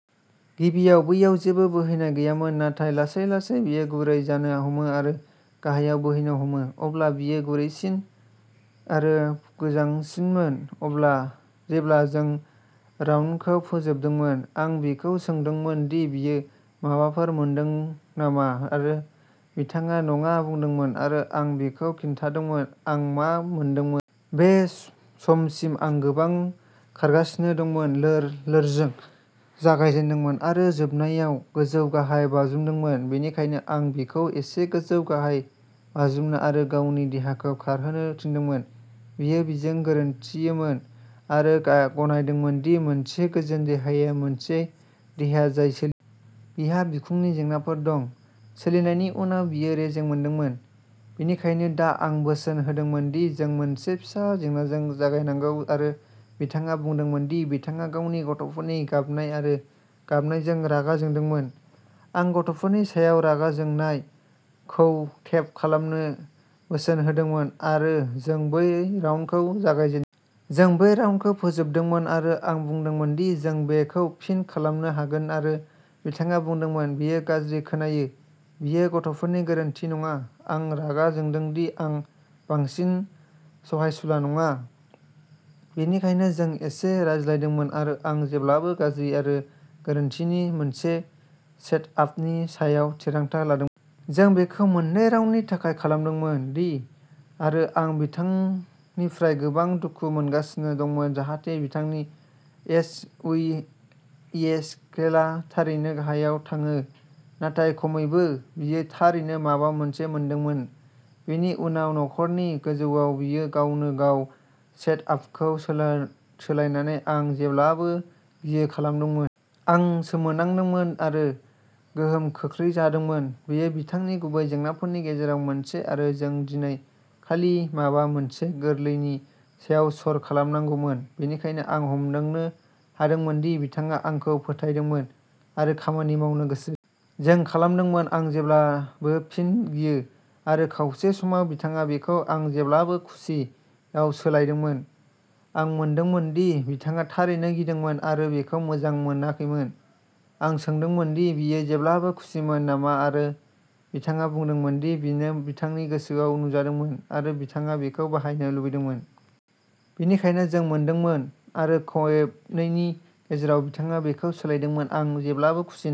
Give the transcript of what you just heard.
गिबियाव बैयाव जेबो बोहैनाय गैयामोन नाथाय लासै-लासै बेयो गुरै जानो हमो आरो गाहायाव बोहैनो हमो। अब्ला बियो गुरैसिन आरो गोजोंसिनमोन। अब्ला जेब्ला जों राउन्डखौ फोजोबदोंमोन, आं बिखौ सोंदोंमोन दि बियो माबाफोर मोनदांदों नामा आरो बिथाङा'नङा'बुंदोंमोन आरो आं बिखौ खिन्थादोंमोन आं मा मोनदांदोंमोन। बे समसिम आं गोबां खारगासिनो दंमोन, लोर-लोरजों जागायजेनदोंमोन आरो जोबनायाव गोजौ-गाहाय बाज्रुमदोंमोन। बेनिखायनो आं बिखौ एसे गोजौ-गाहाय बाज्रुमनो आरो गावनि देहाखौ खारहोनो थिनदोंमोन। बियो बेजों गोरोन्थियोमोन आरो गनायदोंमोन दि मोनसे गोजोन देहाया मोनसे देहा जाय सोलियो। बिहा बिखुंनि जेंनाफोर दं। सोलिनायनि उनाव बियो रेजें मोनदोंमोन। बेनिखायनो दा आं बोसोन होदोंमोन दि जों मोनसे फिसा जेंनाजों जागायनांगौ आरो बिथाङा बुंदोंमोन दि बिथाङा गावनि गथ'फोरनि गाबनाय आरो गाबनायजों रागा जोंदोंमोन। आं "गथ'फोरनि सायाव रागा जोंनाय" खौ टेप खालामनो बोसोन होदोंमोन आरो जों बै राउन्डखौ जागायदोंमोन। जों बै राउन्डखौ फोजोबदोंमोन आरो आं बुंदोंमोन दि जों बेखौ फिन खालामनो हागोन आरो बिथाङा बुंदोंमोन "बेयो गाज्रि खोनायो, बेयो गथ'फोरनि गोरोन्थि नङा। आं रागा जोंदों दि आं बांसिन सहायसुला नङा। " बेनिखायनो जों एसे रायज्लायदोंमोन आरो "आं जेब्लाबो गाज्रि आरो गोरोन्थि" नि मोनसे सेटआपनि सायाव थिरांथा लादोंमोन। जों बेखौ मोननै राउन्डनि थाखाय खालामदोंमोन आरो आं बिथांनिफ्राय गोबां दुखु मोनगासिनो दंमोन जाहाथे बिथांनि एस. यु. इ. स्केलआ थारैनो गाहायाव थाङो नाथाय खमैबो। बियो थारैनो माबा मोनसे मोन्दांदोंमोन। बेनि उनाव खर'नि गोजौआव बियो गावनो-गाव सेटआपखौ सोलायनानै "आं जेब्लाबो गियो" खालामदोंमोन। आं सोमोनांदोंमोन आरो गोहोम खोख्लैजादोंमोन। बेयो बिथांनि गुबै जेंनाफोरनि गेजेराव मोनसे आरो जों दिनै खालि माबा मोनसे गोरलैनि सायाव सर'खालामनांगौमोन। बेनिखायनो आं हमदांनो हादोंमोन दि बिथाङा आंखौ फोथायदोंमोन आरो खामानि मावनो गोसो दंमोन। जों खालामदोंमोन "आं जेब्लाबो फिन गियो" आरो खावसे समाव बिथाङा बेखौ "आं जेब्लाबो खुसि" आव सोलायदोंमोन। आं मोनदांदोंमोन दि बिथाङा थारैनो गिदोंमोन आरो बेखौ मोजां मोनाखैमोन। आं सोंदोंमोन दि बियो जेब्लाबो खुसिमोन नामा आरो बिथाङा बुंदोंमोन दि बेनो बिथांनि गोसोआव नुजादोंमोन आरो बिथाङा बेखौ बाहायनो लुबैदोंमोन। बेनिखायनो जों मोनदोंमोन आरो खेबनैनि गेजेराव बिथाङा बेखौ सोलायदोंमोन "आं जेब्लाबो खुसि नङा"।